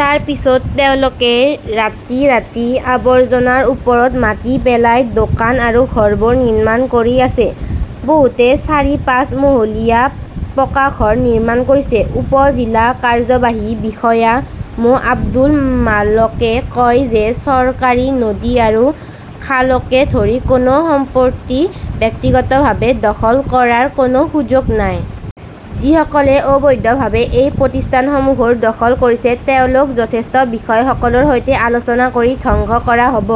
তাৰ পিছত তেওঁলোকে ৰাতিৰাতি আৱৰ্জনাৰ ওপৰত মাটি পেলাই দোকান আৰু ঘৰবোৰ নিৰ্মাণ কৰি আছে। বহুতে চাৰি-পাঁচ মহলীয়া পাকা ঘৰ নিৰ্মাণ কৰিছে। উপ-জিলা কাৰ্যবাহী বিষয়া মো. আব্দুল মালেকে কয় যে চৰকাৰী নদী আৰু খালকে ধৰি কোনো সম্পত্তি ব্যক্তিগতভাৱে দখল কৰাৰ কোনো সুযোগ নাই। যিসকলে অবৈধভাৱে এই প্ৰতিষ্ঠানসমূহ দখল কৰিছে তেওঁলোকক জ্যেষ্ঠ বিষয়াসকলৰ সৈতে আলোচনা কৰি ধ্বংস কৰা হ'ব।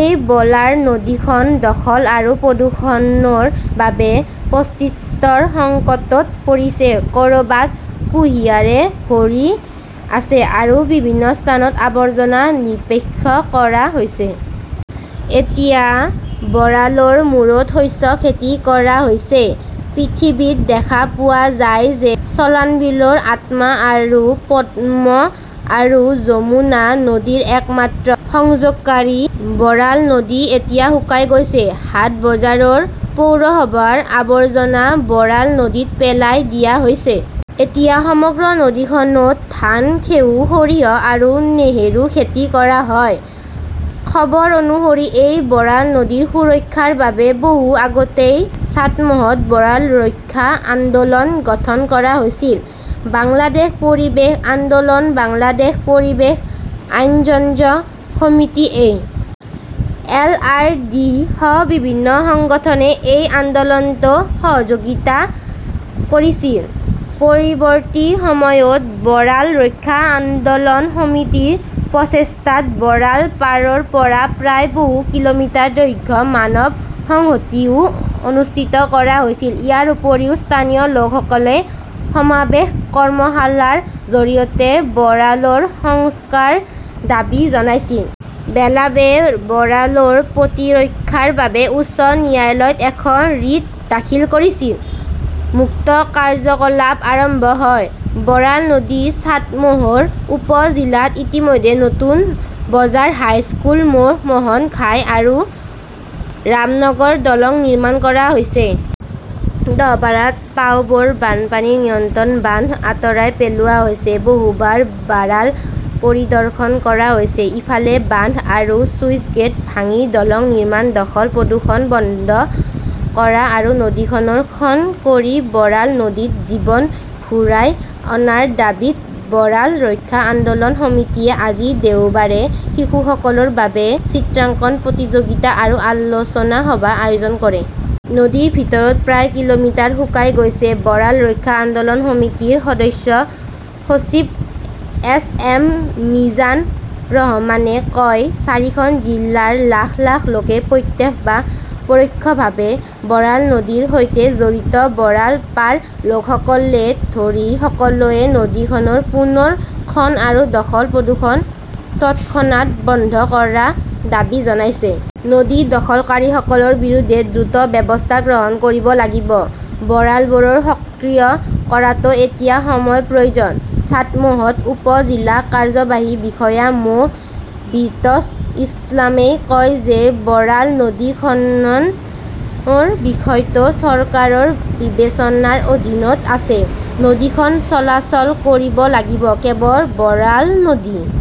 এই বৰাল নদীখন দখল আৰু প্ৰদূষণৰ বাবে অস্তিত্বৰ সংকটত পৰিছে। ক'ৰবাত কুঁহিয়াৰেৰে ভৰি আছে আৰু বিভিন্ন স্থানত আৱৰ্জনা নিক্ষেপ কৰা হৈছে। এতিয়া বৰালৰ মূৰত শস্য খেতি কৰা হৈছে। পৃথিৱীত দেখা পোৱা যায় যে চলানবিলৰ আত্মা আৰু পদ্মা আৰু যমুনা নদীৰ একমাত্ৰ সংযোগকাৰী বৰাল নদী এতিয়া শুকাই গৈছে। হাট-বজাৰৰ, পৌৰসভাৰ আৱৰ্জনা বৰাল নদীত পেলাই দিয়া হৈছে। এতিয়া সমগ্ৰ নদীখনত ধান, ঘেঁহু, সৰিয়হ আৰু নহৰু খেতি কৰা হয়। খবৰ অনুসৰি এই বৰাল নদীৰ সুৰক্ষাৰ বাবে বহুত আগতেই চাটমোহত বৰাল ৰক্ষা আন্দোলন গঠন কৰা হৈছিল। বাংলাদেশ পৰিৱেশ আন্দোলন, বাংলাদেশ পৰিৱেশ আইনজনয্য সমিতি, এ. এল. আৰ. ডি. সহ বিভিন্ন সংগঠনে এই আন্দোলনত সহযোগিতা কৰিছিল। পৰৱৰ্তী সময়ত বৰাল ৰক্ষা আন্দোলন সমিতিৰ প্ৰচেষ্টাত বৰাল পাৰৰ পৰা প্ৰায় বহু কিলোমিটাৰ দৈৰ্ঘ্যৰ মানৱ সংহতিও অনুষ্ঠিত কৰা হৈছিল। ইয়াৰ উপৰিও, স্থানীয় লোকসকলে সমাৱেশ, কৰ্মশালাৰ জৰিয়তে বৰালৰ সংস্কাৰ দাবী জনাইছিল। বেলাৱে বৰালৰ প্ৰতিৰক্ষাৰ বাবে উচ্চ ন্যায়ালয়ত এখন ৰিট দাখিল কৰিছিল। বৰাল মুক্ত কাৰ্যকলাপ আৰম্ভ হয়। বৰাল নদীৰ চাটমোহৰ উপ জিলাত ইতিমধ্যে নতুন বজাৰ হাইস্কুল মোৰ বোন্থৰ ঘাট আৰু ৰামনগৰ দলং নিৰ্মাণ কৰা হৈছে। দহপাৰাত পাউবোৰ বানপানী নিয়ন্ত্ৰণ বান্ধ আঁতৰাই পেলোৱা হৈছে। বহুবাৰ বাৰাল পৰিদৰ্শন কৰা হৈছে। ইফালে, বান্ধ আৰু শ্লুইচ গেট ভাঙি দলং নিৰ্মাণ, দখল-প্ৰদূষণ বন্ধ কৰা আৰু নদীখনৰ খনন কৰি বৰাল নদীত জীৱন ঘূৰাই অনাৰ দাবীত বৰাল ৰক্ষা আন্দোলন সমিতিয়ে আজি দেওবাৰে শিশুসকলৰ বাবে চিত্ৰাংকন প্ৰতিযোগিতা আৰু আলোচনা সভা আয়োজন কৰে। নদীৰ ভিতৰত প্ৰায় কিলোমিটাৰ শুকাই গৈছে, বৰাল ৰক্ষা আন্দোলন সমিতিৰ সদস্য সচিব এছ এম মিজান ৰহমানে কয়। চাৰিখন জিলাৰ লাখ লাখ লোক প্ৰত্যক্ষ বা পৰোক্ষভাৱে বৰাল নদীৰ সৈতে জড়িত। বৰাল পাৰৰ লোকসকলকে ধৰি সকলোৱে নদীখনৰ পুনৰ খনন আৰু দখল-প্ৰদূষণ তৎক্ষণাত বন্ধ কৰা দাবী জনাইছে। নদী দখলকাৰীসকলৰ বিৰুদ্ধে দ্ৰুত ব্যৱস্থা গ্ৰহণ কৰিব লাগিব। বৰালবোৰ সক্ৰিয় কৰাটো এতিয়া সময়ৰ প্ৰয়োজন। চাটমোহৰ উপ-জিলা কাৰ্যবাহী বিষয়া মো. বিচট ইছলামই কয় যে বৰাল নদী খননৰ বিষয়টো চৰকাৰৰ বিবেচনাৰ অধীনত আছে। নদীখন চলাচল কৰিব লাগিব। কেৱল বৰাল নদী